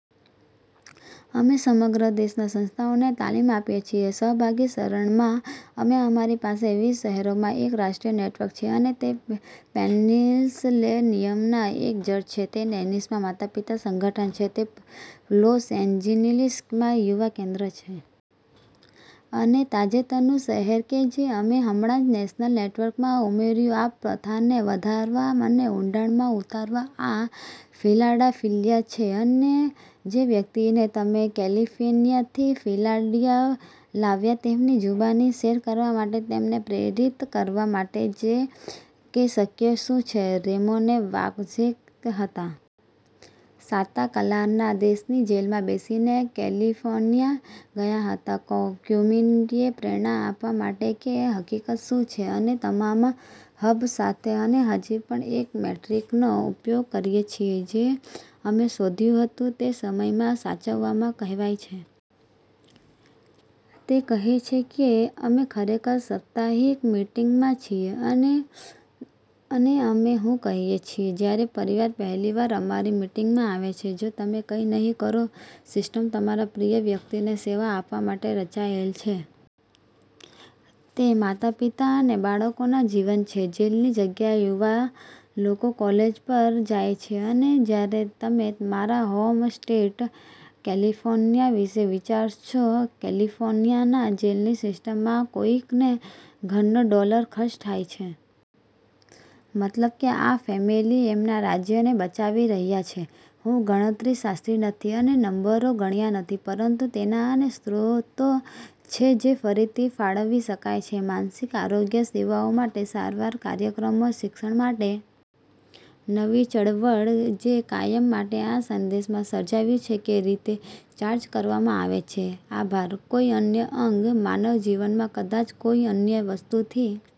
અમે સમગ્ર દેશમાં સંસ્થાઓને તાલીમ આપીએ છીએ સહભાગી સરણમાં. અને અમારી પાસે વીસ શહેરોનો એક રાષ્ટ્રીય નેટવર્ક છે. અને તે પેનિસલેનિયમમાં એક ચર્ચ છે. તે ટેનેસીમાં માતા-પિતાના સંગઠન છે. તે લોસ એન્જલિસ યુવા કેન્દ્ર છે. અને તાજેતરનું શહેર કે જે અમે હમણાં જ નેશનલ નેટવર્કમાં ઉમેર્યું આ પ્રથાને વધારવા અને ઊંડાણમાં ઉતારવા આ ફિલાડેલ્ફિયા છે. અને જે વ્યક્તિને અમે કેલિફોર્નિયાથી ફિલાદિયા લાવ્યા તેમની જુબાની શેર કરવા માટે, તેમને પ્રેરિત કરવા માટે કે શક્ય શું છે, રેમોન વાસકેઝ હતા. સાંતા ક્લારાના દેશની જેલમાં બેસીને કેલિફોર્નિયા ગયા હતા કમ્યુનિટીને પ્રેરણા આપવા માટે કે હકિકત શું છે. અને તમામ હબ સાથે અને હજી પણ એક મેટ્રિકનો ઉપયોગ કરીએ છીએ જે અમે શોધ્યું હતું. તે સમય સાચવવામાં કહેવાય છે. તે કહે છે કે અમે ખરેખર સપ્તાહિક મીટીંગમાં છીએ. અને અમે શું કહીએ છીએ જ્યારે પરિવાર પહેલીવાર અમારી મીટીંગમાં આવે છે. જો તમે કઈ નહિ કરો. સિસ્ટમ તમારા પ્રિય વ્યક્તિને સેવા આપવા માટે રચાયેલ છે. તે માતા-પિતા અને બાળકોના જીવન છે. જેલની જગ્યાએ યુવાન લોકો કોલેજ પર જાય છે અને જ્યારે તમે મારા હોમ સ્ટેટ કેલિફોર્નિયા વિશે વિચારો છો, કેલિફોર્નિયાના જેલની સિસ્ટમમાં કોઈકને ઘરનો ડોલર ખર્ચ થાય છે. મતલબ કે આ ફેમિલી તેમના રાજ્યને બચાવી રહ્યા છે. હું ગણિતશાસ્ત્રી નથી અને નંબરો ગણ્યા નથી, પરંતુ તેનાં અને સ્ત્રોતો છે જે ફરીથી ફાળવી શકાય છે માનસિક આરોગ્ય સેવાઓ માટે, સારવાર કાર્યક્રમો શિક્ષણ માટે. નવી ચળવળ, જે કાયમ માટે આ દેશમાં સમજાયું છે તે રીતે ચાર્જ કરવામાં આવે છે. આભાર! કોઈ અન્ય અંગ, માનવ જીવનમાં કદાચ કોઈ અન્ય વસ્તુથી.